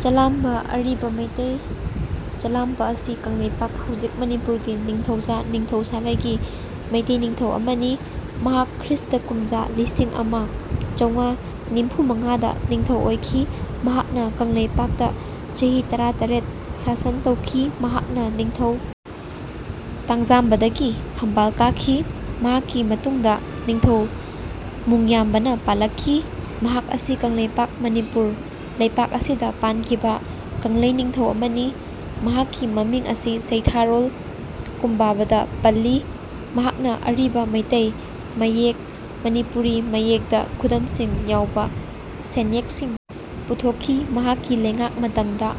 ꯆꯂꯥꯝꯕ ꯑꯔꯤꯕ ꯃꯩꯇꯩ ꯆꯂꯥꯝꯄꯥ ꯑꯁꯤ ꯀꯪꯂꯩꯄꯥꯛ ꯍꯧꯖꯤꯛ ꯃꯅꯤꯄꯨꯔꯒꯤ ꯅꯤꯡꯊꯧꯖꯥ ꯅꯤꯡꯊꯧ ꯁꯥꯒꯩꯒꯤ ꯃꯩꯇꯩ ꯅꯤꯡꯊꯧ ꯑꯃꯅꯤ꯫ ꯃꯍꯥꯛ ꯈ꯭ꯔꯤꯁꯇ ꯀꯨꯝꯖꯥ ꯂꯤꯁꯤꯡ ꯑꯃ ꯆꯧꯉꯥ ꯅꯤꯝꯐꯨ ꯃꯉꯥꯗ ꯅꯤꯡꯊꯧ ꯑꯣꯏꯈꯤ꯫ ꯃꯍꯥꯛꯅ ꯀꯪꯂꯩꯄꯥꯛꯇ ꯆꯍꯤ ꯇꯔꯥ ꯇꯔꯦꯠ ꯁꯥꯁꯟ ꯇꯧꯈꯤ꯫ ꯃꯍꯥꯛꯅ ꯅꯤꯡꯊꯧ ꯇꯥꯡꯖꯥꯝꯕꯗꯒꯤ ꯐꯝꯕꯥꯜ ꯀꯥꯈꯤ꯫ ꯃꯍꯥꯛꯀꯤ ꯃꯇꯨꯡꯗ ꯅꯤꯡꯊꯧ ꯃꯨꯡꯌꯥꯝꯕꯅ ꯄꯥꯜꯂꯛꯈꯤ꯫ ꯃꯍꯥꯛ ꯑꯁꯤ ꯀꯪꯂꯩꯄꯥꯛ ꯃꯅꯤꯄꯨꯔ ꯂꯩꯄꯥꯛ ꯑꯁꯤꯗ ꯄꯥꯟꯈꯤꯕ ꯀꯪꯂꯩ ꯅꯤꯡꯊꯧ ꯑꯃꯅꯤ꯫ ꯃꯍꯥꯛꯀꯤ ꯃꯃꯤꯡ ꯑꯁꯤ ꯆꯩꯊꯥꯔꯣꯜ ꯀꯨꯝꯕꯥꯕꯗ ꯄꯜꯂꯤ꯫ ꯃꯍꯥꯛꯅ ꯑꯔꯤꯕ ꯃꯩꯇꯩ ꯃꯌꯦꯛ ꯃꯅꯤꯄꯨꯔꯤ ꯃꯌꯦꯛꯇ ꯈꯨꯗꯝꯁꯤꯡ ꯌꯥꯎꯕ ꯁꯦꯟꯌꯦꯛꯁꯤꯡ ꯄꯨꯊꯣꯛꯈꯤ꯫ ꯃꯍꯥꯛꯀꯤ ꯂꯩꯉꯥꯛ ꯃꯇꯝꯗ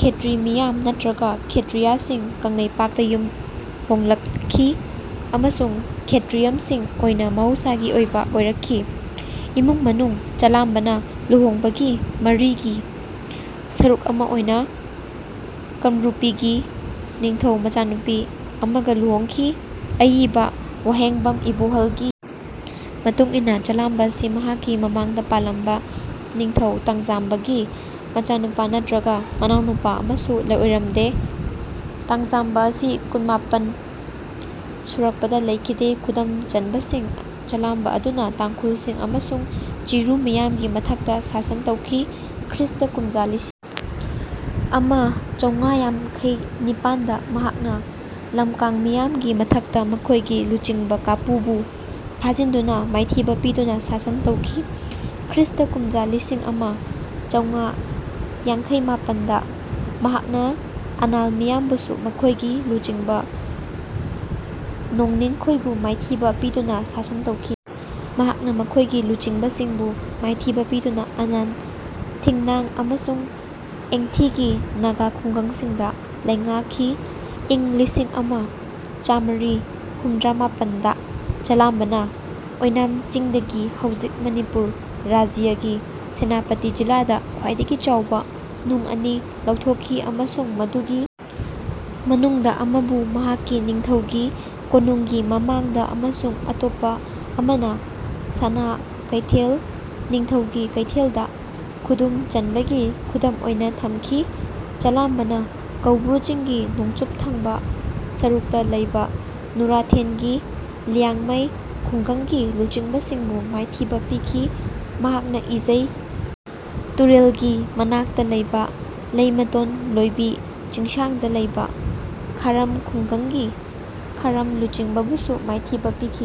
ꯈꯦꯇ꯭ꯔꯤ ꯃꯤꯌꯥꯝ ꯅꯠꯇ꯭ꯔꯒ ꯈꯦꯇ꯭ꯔꯤꯌꯥꯁꯤꯡ ꯀꯪꯂꯩꯄꯥꯛꯇ ꯌꯨꯝ ꯍꯣꯡꯂꯛꯈꯤ ꯑꯃꯁꯨꯡ ꯈꯦꯇ꯭ꯔꯤꯌꯝꯁꯤꯡ ꯑꯣꯏꯅ ꯃꯍꯧꯁꯥꯒꯤ ꯑꯣꯏꯕ ꯑꯣꯏꯔꯛꯈꯤ꯫ ꯏꯃꯨꯡ ꯃꯅꯨꯡ ꯆꯂꯥꯝꯕꯅ ꯂꯨꯍꯣꯡꯕꯒꯤ ꯃꯔꯤꯒꯤ ꯁꯔꯨꯛ ꯑꯃ ꯑꯣꯏꯅ ꯀꯝꯔꯨꯄꯤꯒꯤ ꯅꯤꯡꯊꯧ ꯃꯆꯥꯅꯨꯄꯤ ꯑꯃꯒ ꯂꯨꯍꯣꯡꯈꯤ꯫ ꯑꯏꯕ ꯋꯥꯍꯦꯡꯕꯝ ꯏꯕꯣꯍꯜꯒꯤ ꯃꯇꯨꯡ ꯏꯟꯅ ꯆꯂꯥꯝꯕ ꯑꯁꯤ ꯃꯍꯥꯛꯀꯤ ꯃꯃꯥꯡꯗ ꯄꯥꯜꯂꯝꯕ ꯅꯤꯡꯊꯧ ꯇꯥꯡꯖꯥꯝꯕꯒꯤ ꯃꯆꯥꯅꯨꯄꯥ ꯅꯠꯇ꯭ꯔꯒ ꯃꯅꯥꯎꯅꯨꯄꯥ ꯑꯃꯁꯨ ꯑꯣꯏꯔꯝꯗꯦ꯫ ꯇꯥꯡꯖꯥꯝꯕꯥ ꯑꯁꯤ ꯀꯨꯟꯃꯥꯄꯟ ꯁꯨꯔꯛꯄꯗ ꯂꯩꯈꯤꯗꯦ꯫ ꯈꯨꯗꯨꯝ ꯆꯟꯕꯁꯤꯡ ꯆꯂꯥꯝꯕ ꯑꯗꯨꯅ ꯇꯥꯡꯈꯨꯜꯁꯤꯡ ꯑꯃꯁꯨꯡ ꯆꯤꯔꯨ ꯃꯤꯌꯥꯝꯒꯤ ꯃꯊꯛꯇ ꯁꯥꯁꯟ ꯇꯧꯈꯤ꯫ ꯈ꯭ꯔꯤꯁꯇ ꯀꯨꯝꯖꯥ ꯂꯤꯁꯤꯡ ꯑꯃ ꯆꯧꯉꯥ ꯌꯥꯡꯈꯩ ꯅꯤꯄꯥꯟꯗ ꯃꯍꯥꯛꯅ ꯂꯝꯀꯥꯡ ꯃꯤꯌꯥꯝꯒꯤ ꯃꯊꯛꯇ ꯃꯈꯣꯏꯒꯤ ꯂꯨꯆꯤꯡꯕ ꯀꯥꯄꯨꯕꯨ ꯐꯥꯖꯤꯟꯗꯨꯅ ꯃꯥꯏꯊꯤꯕ ꯄꯤꯗꯨꯅ ꯁꯥꯁꯟ ꯇꯧꯈꯤ꯫ ꯈ꯭ꯔꯤꯁꯇ ꯀꯨꯝꯖꯥ ꯂꯤꯁꯤꯡ ꯑꯃ ꯆꯧꯉꯥ ꯌꯥꯡꯈꯩ ꯃꯥꯄꯟꯗ ꯃꯍꯥꯛꯅ ꯑꯅꯥꯜ ꯃꯤꯌꯥꯝꯕꯨꯁꯨ ꯃꯈꯣꯏꯒꯤ ꯂꯨꯆꯤꯡꯕ ꯅꯣꯡꯅꯤꯡꯈꯣꯏꯕꯨ ꯃꯥꯏꯊꯤꯕ ꯄꯤꯗꯨꯅ ꯁꯥꯁꯟ ꯇꯧꯈꯤ꯫ ꯃꯍꯥꯛꯅ ꯃꯈꯣꯏꯒꯤ ꯂꯨꯆꯤꯡꯕꯁꯤꯡꯕꯨ ꯃꯥꯏꯊꯤꯕ ꯄꯤꯗꯨꯅ ꯑꯅꯥꯟ ꯊꯤꯡꯅꯥꯡ ꯑꯃꯁꯨꯡ ꯑꯦꯡꯊꯤꯒꯤ ꯅꯥꯒꯥ ꯈꯨꯡꯒꯪꯁꯤꯡꯗ ꯂꯩꯉꯥꯛꯈꯤ꯫ ꯏꯪ ꯂꯤꯁꯤꯡ ꯑꯃ ꯆꯥꯃ꯭ꯔꯤ ꯍꯨꯝꯗ꯭ꯔꯥ ꯃꯥꯄꯟꯗ ꯆꯂꯥꯝꯕꯅ ꯑꯣꯏꯅꯥꯝ ꯆꯤꯡꯗꯒꯤ ꯍꯧꯖꯤꯛ ꯃꯅꯤꯄꯨꯔ ꯔꯥꯖ꯭ꯌꯒꯤ ꯁꯦꯅꯥꯄꯇꯤ ꯖꯤꯂꯥꯗ ꯈ꯭ꯋꯥꯏꯗꯒꯤ ꯆꯥꯎꯕ ꯅꯨꯡ ꯑꯅꯤ ꯂꯧꯊꯣꯛꯈꯤ ꯑꯃꯁꯨꯡ ꯃꯗꯨꯒꯤ ꯃꯅꯨꯡꯗ ꯑꯃꯕꯨ ꯃꯍꯥꯛꯀꯤ ꯅꯤꯡꯊꯧꯒꯤ ꯀꯣꯅꯨꯡꯒꯤ ꯃꯃꯥꯡꯗ ꯑꯃꯁꯨꯡ ꯑꯇꯣꯞꯄ ꯑꯃꯅ ꯁꯥꯅꯥ ꯀꯩꯊꯦꯜ ꯅꯤꯡꯊꯧꯒꯤ ꯀꯩꯊꯦꯜꯗ ꯈꯨꯗꯨꯝ ꯆꯟꯕꯒꯤ ꯈꯨꯗꯝ ꯑꯣꯏꯅ ꯊꯝꯈꯤ꯫ ꯆꯂꯥꯝꯕꯅ ꯀꯧꯕ꯭ꯔꯨ ꯆꯤꯡꯒꯤ ꯅꯣꯡꯆꯨꯞ ꯊꯪꯕ ꯁꯔꯨꯛꯇ ꯂꯩꯕ ꯅꯨꯔꯥꯊꯦꯟꯒꯤ ꯂꯤꯌꯥꯡꯃꯩ ꯈꯨꯡꯒꯪꯒꯤ ꯂꯨꯆꯤꯡꯕꯁꯤꯡꯕꯨ ꯃꯥꯏꯊꯤꯕ ꯄꯤꯈꯤ꯫ ꯃꯍꯥꯛꯅ ꯏꯖꯩ ꯇꯨꯔꯦꯜꯒꯤ ꯃꯅꯥꯛꯇ ꯂꯩꯕ ꯂꯩꯃꯇꯣꯟ ꯂꯣꯏꯕꯤ ꯆꯤꯡꯁꯥꯡꯗ ꯂꯩꯕ ꯈꯥꯔꯝ ꯈꯨꯡꯒꯪꯒꯤ ꯈꯥꯔꯝ ꯂꯨꯆꯤꯡꯕꯕꯨꯁꯨ ꯃꯥꯏꯊꯤꯕ ꯄꯤꯈꯤ꯫